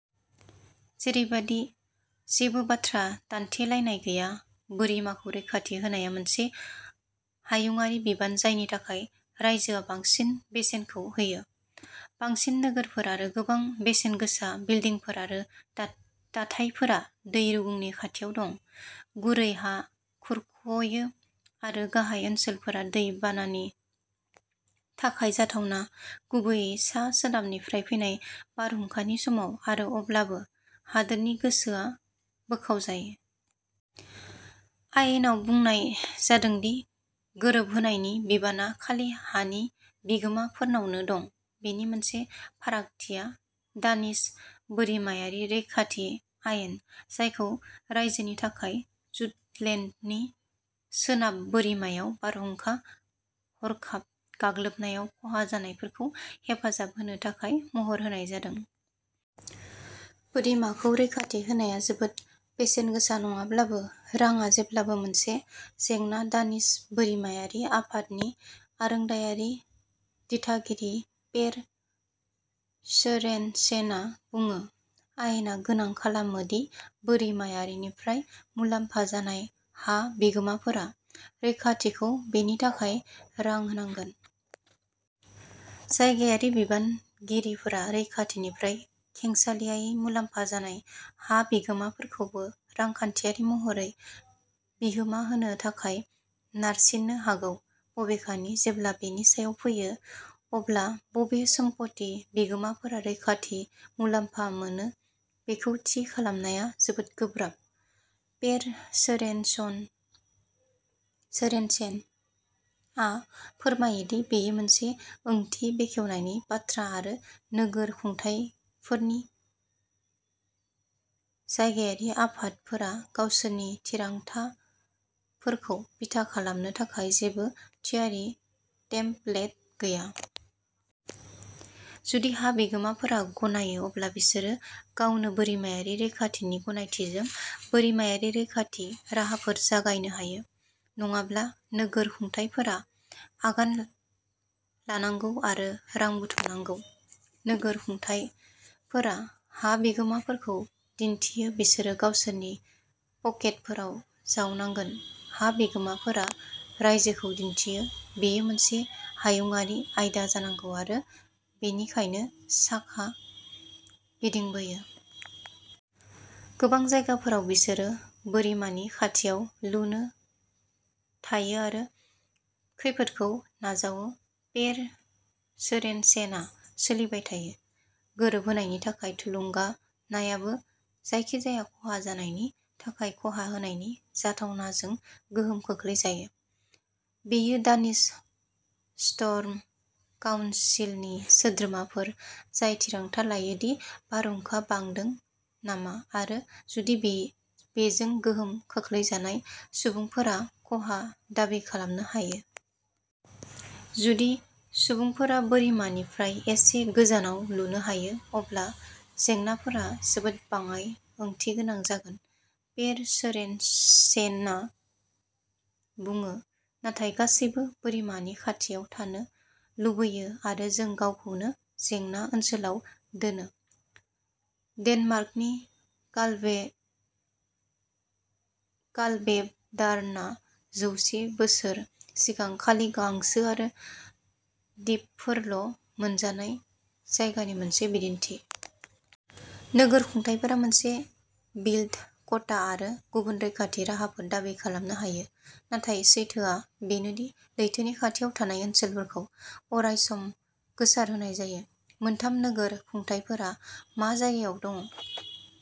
जेरैबादि जेबो बाथ्रा दानथेलायनाय गैया बोरिमाखौ रैखाथि होनाया मोनसे हायुंआरि बिबान जायनि थाखाय रायजोआ बांसिन बेसेनखौ होयो। बांसिन नोगोरफोर आरो गोबां बेसेनगोसा बिल्डिंफोर आरो दा दाथायफोरा दै रुगुंनि खाथियाव दं। गुरै हाया खुरख'यो आरो गाहाय ओनसोलफोरा दै बानानि थाखाय जाथावना, गुबैयै सा-सोनाबनिफ्राय फैनाय बारहुंखानि समाव आरो अब्लाबो, हादोरनि गोसोआ बोखावजायो। आयेनाव बुंनाय जादों दि गोरोबहोनायनि बिबाना खालि हानि बिगोमाफोरनावनो दं। बेनि मोनसे फारागथिया दानिश बोरिमायारि रैखाथि आयेन, जायखौ रायजोनि थाखाय जुटलेन्डनि सोनाब बोरिमायाव बारहुंखा हरखाब गाग्लोबनायाव खहा जानायफोरखौ हेफाजाब होनो थाखाय महर होनाय जादों। बोरिमाखौ रैखाथि होनाया जोबोद बेसेन गोसा नङाब्लाबो, रांआ जेब्लाबो मोनसे जेंना दानिश बोरिमायारि आफादनि आरोंदायारि दिथागिरि पेर सोरेनसेनआ बुङो। आयेना गोनां खालामो दि बोरिमायारिनिफ्राय मुलाम्फा जानाय हा बिगोमाफोरा। रैखाथिखौ बेनि थाखाय रां होनांगोन। जायगायारि बिबानगिरिफोरा रैखाथिनिफ्राय खेंसालियायै मुलाम्फा जानाय हा बिगोमाफोरखौबो रांखान्थियारि महरै बिहोमा होनो थाखाय नारसिननो हागौ। बबेखानि, जेब्ला बेनि सायाव फैयो, अब्ला बबे सम्पथि बिगोमाफोरा रैखाथि मुलाम्फा मोनो बेखौ थि खालामनाया जोबोद गोब्राब। पेर सोरेनसेनआ फोरमायो दि बेयो मोनसे ओंथि बेखेवनायनि बाथ्रा आरो नोगोर खुंथायफोरनि जायगायारि आफादफोरा गावसोरनि थिरांथाफोरखौ बिथा खालामनो थाखाय जेबो थियारि टेम्पलेट गैया। जुदि हा बिगोमाफोरा गनायो, अब्ला बिसोरो गावनो बोरिमायारि रैखाथिनि गनायथिजों बोरिमायारि रैखाथि राहाफोर जागायनो हायो। नङाब्ला, नोगोर खुंथायफोरा आगान लानांगौ आरो रां बुथुमनांगौ। नोगोर खुंथायफोरा हा बिगोमाफोरखौ दिन्थियो बिसोरो गावसोरनि पकेटफोराव जावनांगोन। हा बिगोमाफोरा रायजोखौ दिन्थियो बेयो मोनसे हायुंआरि आयदा जानांगौ आरो बेनिखायनो साखा गिदिंबोयो। गोबां जायगाफोराव बिसोरो बोरिमानि खाथियाव लुनो थायो आरो खैफोदखौ नाजावो पेर सोरेनसेनआ सोलिबाय थायो। गोरोबहोनायनि थाखाय थुलुंगानायाबो जायखिजाया खहा जानायनि थाखाय खहा होनायनि जाथावनाजों गोहोम खोख्लैजायो। बेयो दानिश स्टर्म काउनसिलनि सोद्रोमाफोर जाय थिरांथा लायो दि बारहुंखा बांदों नामा आरो जुदि बे बेजों गोहोम खोख्लैजानाय सुबुंफोरा खहा दाबि खालामनो हायो। जुदि सुबुंफोरा बोरिमानिफ्राय एसे गोजानाव लुनो हायो, अब्ला जेंनाफोरा जोबोद बाङाइ ओंथिगोनां जागोन, पेर सोरेनसेनआ बुङो। नाथाय गासैबो बोरिमानि खाथियाव थानो लुबैयो आरो जों गावखौनो जेंना ओनसोलाव दोनो। डेनमार्कनि कालभेब'डार्नआ जौसे बोसोर सिगां खालि गांसो आरो दिपफोरल' मोनजानाय जायगानि मोनसे बिदिन्थि। नोगोर खुंथायफोरा मोनसे बिल्ड क'टा आरो गुबुन रैखाथि राहाफोर दाबि खालामनो हायो, नाथाय सैथोआ बेनो दि लैथोनि खाथियाव थानाय ओनसोलफोरखौ अराय सम गोसारहोनाय जायो। मोनथाम नोगोर खुंथायफोरा मा जायगायाव दं।